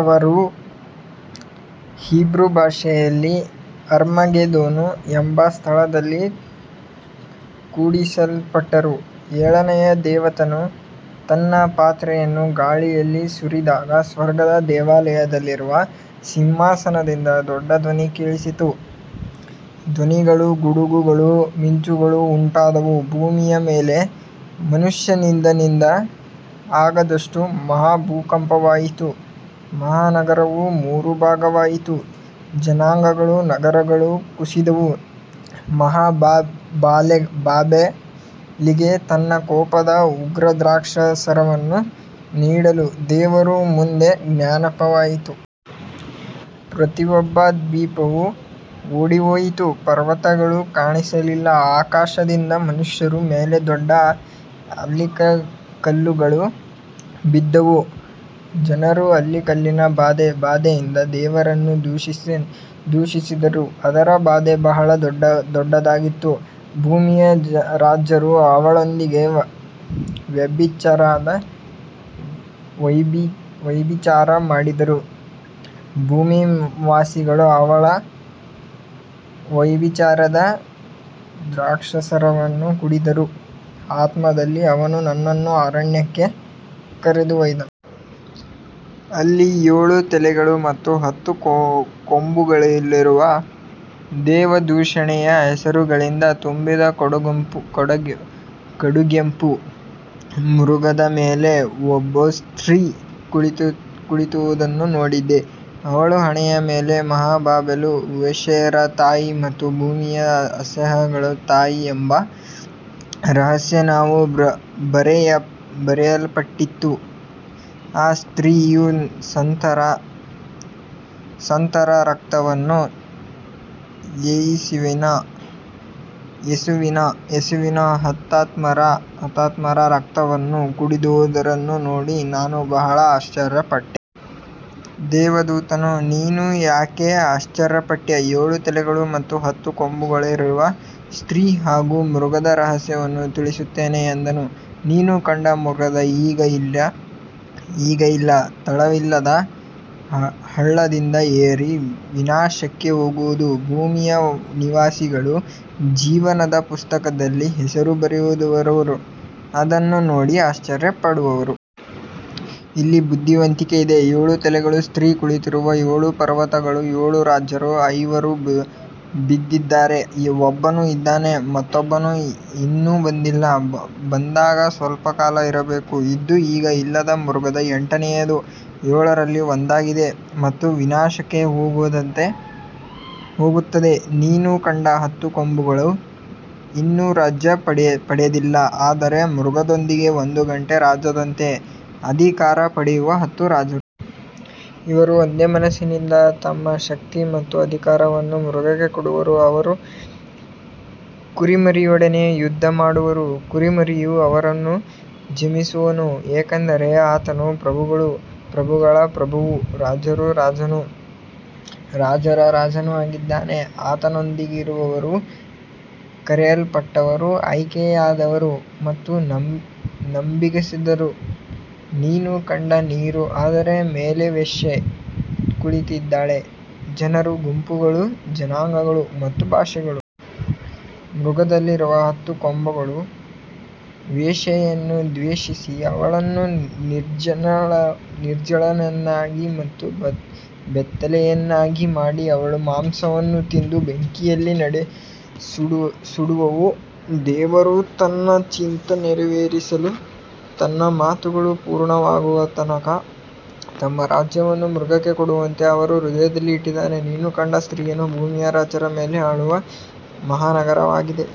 ಅವರು ಹೀಬ್ರೂ ಭಾಷೆಯಲ್ಲಿ ಅರ್ಮಗೆದೋನ್ ಎಂಬ ಸ್ಥಳದಲ್ಲಿ ಕೂಡಿಸಲ್ಪಟ್ಟರು. ಏಳನೆಯ ದೇವದೂತನು ತನ್ನ ಪಾತ್ರೆಯನ್ನು ಗಾಳಿಯಲ್ಲಿ ಸುರಿದಾಗ, ಸ್ವರ್ಗದ ದೇವಾಲಯದಲ್ಲಿರುವ ಸಿಂಹಾಸನದಿಂದ ದೊಡ್ಡ ಧ್ವನಿ ಕೇಳಿಸಿತು. ಧ್ವನಿಗಳು, ಗುಡುಗುಗಳು, ಮಿಂಚುಗಳು ಉಂಟಾದವು, ಭೂಮಿಯ ಮೇಲೆ ಮನುಷ್ಯನಿದ್ದಂದಿನಿಂದ ಆಗದಷ್ಟು ಮಹಾಭೂಕಂಪವಾಯಿತು. ಮಹಾನಗರವು ಮೂರು ಭಾಗವಾಯಿತು, ಜನಾಂಗಗಳ ನಗರಗಳು ಕುಸಿದವು, ಮಹಾ ಬಾಬೆಲಿಗೆ ತನ್ನ ಕೋಪದ ಉಗ್ರದ್ರಾಕ್ಷಾರಸವನ್ನು ನೀಡಲು ದೇವರ ಮುಂದೆ ಜ್ಞಾಪಕವಾಯಿತು. ಪ್ರತಿಯೊಂದು ದ್ವೀಪವೂ ಓಡಿಹೋಯಿತು, ಪರ್ವತಗಳು ಕಾಣಿಸಲಿಲ್ಲ. ಆಕಾಶದಿಂದ ಮನುಷ್ಯರ ಮೇಲೆ ದೊಡ್ಡ ಆಲಿಕಲ್ಲುಗಳು ಬಿದ್ದವು, ಜನರು ಆಲಿಕಲ್ಲಿನ ಬಾಧೆಯಿಂದ ದೇವರನ್ನು ದೂಷಿಸಿದರು, ಅದರ ಬಾಧೆ ಬಹಳ ದೊಡ್ಡದಾಗಿತ್ತು. ಭೂಮಿಯ ರಾಜರು ಅವಳೊಂದಿಗೆ ವ್ಯಭಿಚಾರ ಮಾಡಿದರು, ಭೂನಿವಾಸಿಗಳು ಅವಳ ವ್ಯಭಿಚಾರದ ದ್ರಾಕ್ಷಾರಸವನ್ನು ಕುಡಿದರು. ಆತ್ಮದಲ್ಲಿ ಅವನು ನನ್ನನ್ನು ಅರಣ್ಯಕ್ಕೆ ಕರೆದೊಯ್ದನು. ಅಲ್ಲಿ ಏಳು ತಲೆಗಳು ಮತ್ತು ಹತ್ತು ಕೊಂಬುಗಳಿರುವ, ದೇವದೂಷಣೆಯ ಹೆಸರುಗಳಿಂದ ತುಂಬಿದ ಕಡುಗೆಂಪು ಮೃಗದ ಮೇಲೆ ಒಬ್ಬ ಸ್ತ್ರೀ ಕುಳಿತಿರುವುದನ್ನು ನೋಡಿದೆ. ಅವಳ ಹಣೆಯ ಮೇಲೆ, ಮಹಾ ಬಾಬೆಲು, ವೇಶ್ಯೆಯರ ತಾಯಿ ಮತ್ತು ಭೂಮಿಯ ಅಸಹ್ಯಗಳ ತಾಯಿ ಎಂಬ ರಹಸ್ಯನಾಮ ಬರೆಯಲ್ಪಟ್ಟಿತ್ತು. ಆ ಸ್ತ್ರೀಯು ಸಂತರ ರಕ್ತವನ್ನೂ ಯೇಸುವಿನ ಹುತಾತ್ಮರ ರಕ್ತವನ್ನೂ ಕುಡಿದಿರುವುದನ್ನು ನೋಡಿ ನಾನು ಬಹಳ ಆಶ್ಚರ್ಯಪಟ್ಟೆ. ದೇವದೂತನು, ನೀನು ಏಕೆ ಆಶ್ಚರ್ಯಪಟ್ಟೆ, ಏಳು ತಲೆಗಳು ಮತ್ತು ಹತ್ತು ಕೊಂಬುಗಳಿರುವ ಸ್ತ್ರೀ ಹಾಗೂ ಮೃಗದ ರಹಸ್ಯವನ್ನು ತಿಳಿಸುತ್ತೇನೆ ಎಂದನು. ನೀನು ಕಂಡ ಮೃಗವು ಈಗ ಇಲ್ಲ, ತಳವಿಲ್ಲದ ಹಳ್ಳದಿಂದ ಏರಿ ವಿನಾಶಕ್ಕೆ ಹೋಗುವುದು. ಭೂಮಿಯ ನಿವಾಸಿಗಳು, ಜೀವನದ ಪುಸ್ತಕದಲ್ಲಿ ಹೆಸರು ಬರೆಯದವರು, ಅದನ್ನು ನೋಡಿ ಆಶ್ಚರ್ಯಪಡುವರು. ಇಲ್ಲಿ ಬುದ್ಧಿವಂತಿಕೆ ಇದೆ. ಏಳು ತಲೆಗಳು ಸ್ತ್ರೀ ಕುಳಿತಿರುವ ಏಳು ಪರ್ವತಗಳು, ಏಳು ರಾಜರು. ಐವರು ಬಿದ್ದಿದ್ದಾರೆ, ಒಬ್ಬನು ಇದ್ದಾನೆ, ಮತ್ತೊಬ್ಬನು ಇನ್ನೂ ಬಂದಿಲ್ಲ, ಬಂದಾಗ ಸ್ವಲ್ಪಕಾಲ ಇರಬೇಕು. ಇದ್ದು ಈಗ ಇಲ್ಲದ ಮೃಗವು ಎಂಟನೆಯದು, ಏಳರಲ್ಲಿ ಒಂದಾಗಿದೆ ಮತ್ತು ವಿನಾಶಕ್ಕೆ ಹೋಗುತ್ತದೆ. ನೀನು ಕಂಡ ಹತ್ತು ಕೊಂಬುಗಳು ಇನ್ನೂ ರಾಜ್ಯ ಪಡೆದಿಲ್ಲ, ಆದರೆ ಮೃಗದೊಂದಿಗೆ ಒಂದು ಗಂಟೆ ರಾಜರಂತೆ ಅಧಿಕಾರ ಪಡೆಯುವ ಹತ್ತು ರಾಜರು. ಇವರು ಒಂದೇ ಮನಸ್ಸಿನಿಂದ ತಮ್ಮ ಶಕ್ತಿ ಮತ್ತು ಅಧಿಕಾರವನ್ನು ಮೃಗಕ್ಕೆ ಕೊಡುವರು. ಅವರು ಕುರಿಮರಿಯೊಡನೆ ಯುದ್ಧ ಮಾಡುವರು, ಕುರಿಮರಿಯು ಅವರನ್ನು ಜಯಿಸುವನು, ಏಕೆಂದರೆ ಆತನು ಪ್ರಭುಗಳ ಪ್ರಭುವೂ ರಾಜರ ರಾಜನೂ ಆಗಿದ್ದಾನೆ, ಆತನೊಂದಿಗಿರುವವರು ಕರೆಯಲ್ಪಟ್ಟವರು, ಆಯ್ಕೆಯಾದವರು ಮತ್ತು ನಂಬಿಗಸ್ತರು. ನೀನು ಕಂಡ ನೀರು, ಅದರ ಮೇಲೆ ವೇಶ್ಯೆ ಕುಳಿತಿದ್ದಾಳೆ, ಜನರು, ಗುಂಪುಗಳು, ಜನಾಂಗಗಳು ಮತ್ತು ಭಾಷೆಗಳು. ಮೃಗದಲ್ಲಿರುವ ಹತ್ತು ಕೊಂಬುಗಳು ವೇಶ್ಯೆಯನ್ನು ದ್ವೇಷಿಸಿ, ಅವಳನ್ನು ನಿರ್ಜನಳನ್ನಾಗಿ ಮತ್ತು ಬೆತ್ತಲೆಯನ್ನಾಗಿ ಮಾಡಿ, ಅವಳ ಮಾಂಸವನ್ನು ತಿಂದು ಬೆಂಕಿಯಲ್ಲಿ ಸುಡುವವು. ದೇವರು ತನ್ನ ಚಿತ್ತ ನೆರವೇರಿಸಲು, ತನ್ನ ಮಾತುಗಳು ಪೂರ್ಣವಾಗುವ ತನಕ ತಮ್ಮ ರಾಜ್ಯವನ್ನು ಮೃಗಕ್ಕೆ ಕೊಡುವಂತೆ ಅವರ ಹೃದಯದಲ್ಲಿ ಇಟ್ಟಿದ್ದಾನೆ. ನೀನು ಕಂಡ ಸ್ತ್ರೀಯು ಭೂಮಿಯ ರಾಜರ ಮೇಲೆ ಆಳುವ ಮಹಾನಗರವಾಗಿದೆ.